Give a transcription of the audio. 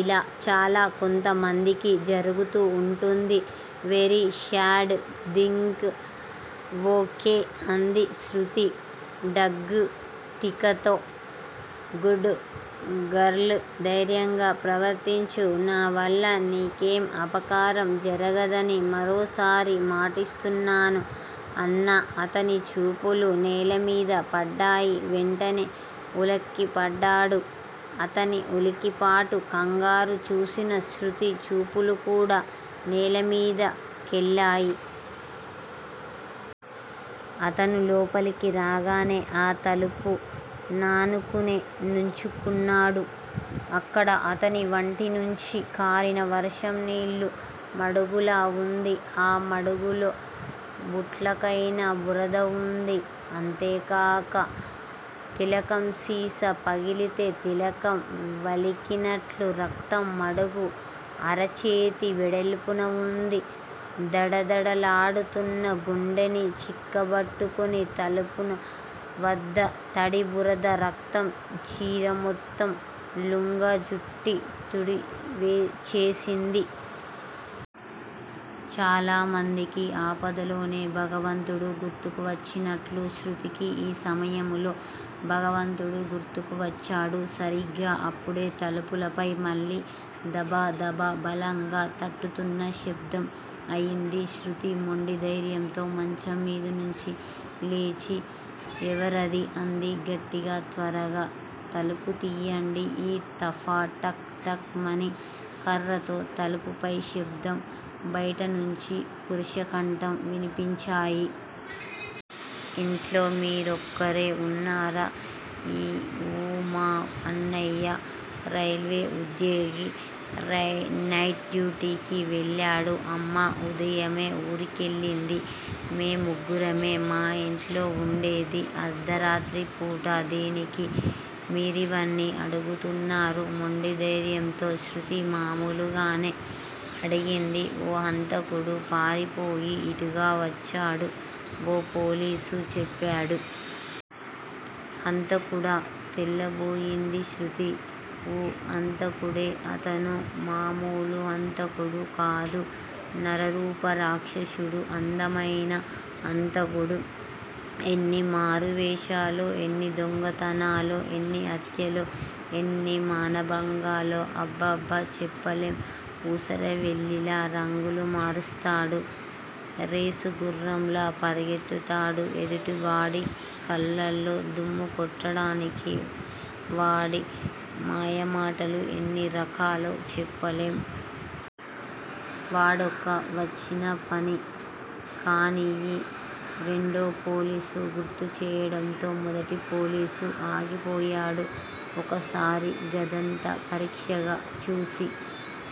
ఇలా చాలా కొంతమందికి జరుగుతూ ఉంటుంది. Very sad thing. Okay అంది శృతి డగ్గుత్తికతో. Good girl! ధైర్యంగా ప్రవర్తించు. నావల్ల నీకేం అపకారం జరగదని మరోసారి మాటిస్తున్నాను అన్న అతని చూపులు నేలమీద పడ్డాయి. వెంటనే ఉలిక్కిపడ్డాడు. అతని ఉలికిపాటు, కంగారుచూసిన శృతిచూపులుకూడా నేలమీద కెళ్ళాయి. అతను లోపలికి రాగానే ఆ తలుపు నానుకునే నుంచుకున్నాడు. అక్కడ అతని వంటినుంచి కారిన వర్షం నీళ్లు మడుగులా వుంది. ఆ మడుగులో బూట్లకయిన బురద వుంది అంతేగాక తిలకం సీసా పగిలితే తిలకం వలికినట్లు రక్తం మడుగు అరచేతి వెడల్పున వుంది. దడదడలాడుతున్న గుండెని చిక్కబట్టుకుని తలుపువద్ద తడి, బురద, రక్తం చీరమొత్తం లుంగజుట్టి తుడిచేసింది. చాలామందికి ఆపదలోనే భగవంతుడు గుర్తుకు వచ్చినట్లు శృతికి ఈ సమయంలో భగవంతుడు గుర్తుకు వచ్చాడు. సరిగా అప్పుడే తలుపుపై మళ్ళీ దబదబ బలంగా తడుతున్న శబ్దం అయింది. శృతి మొండిదైర్యంతో మంచంమీదనుంచి లేచి ఎవరది? అంది గట్టిగా. త్వరగా తలుపుతీయండి. ఈ తఫా టక్ టక్ మని కర్రతో తలుపుపై శబ్దం, బైటనుంచి పురుషకంఠం వినిపించాయి. ఇంట్లో మీరొక్కరే వున్నారా? ఊ మాఅన్నయ్య రైల్వేఉద్యోగి. నైట్ డ్యూటీకి వెళ్ళాడు. అమ్మ ఉదయమే ఊరెళ్ళింది. మేం ముగ్గురమే మా యింట్లో వుండేది. అర్థరాత్రిపూట దేనికి మీరివన్నీ అడుగుతున్నారు? మొండిధైర్యంతో శృతి మామూలుగానే అడిగింది. ఓ హంతకుడు పారిపోయి ఇటుగా వచ్చాడు ఓ పోలీసు చెప్పాడు. హంతకుడా? తెల్లబోయింది శృతి. ఊ! హంతకుడే-అతను మామూలు హంతకుడుకాదు నరరూపరాక్షసుడు, అందమైన హంతకుడు! ఎన్ని మారువేశాలో, ఎన్ని దొంగతనాలో, ఎన్ని హత్యలో, ఎన్ని మానభంగాలో, అబ్బబ్బ చెప్పలేం. ఊసరవెల్లిలా రంగులు మారుస్తాడు, రేసుగుర్రంలా పరుగెత్తుతాడు. ఎదుటివాడి కళ్ళలో దుమ్ము కొట్టడానికి వాడి మాయమాటలు ఎన్ని రకాలో చెప్పలేం. వాడొక వచ్చినపని కానియ్యి రెండోపోలీసు గుర్తుచేయటంతో మొదటి పోలీసు ఆగిపోయాడు. ఓకసారి గదంతా పరీక్షగా చూసి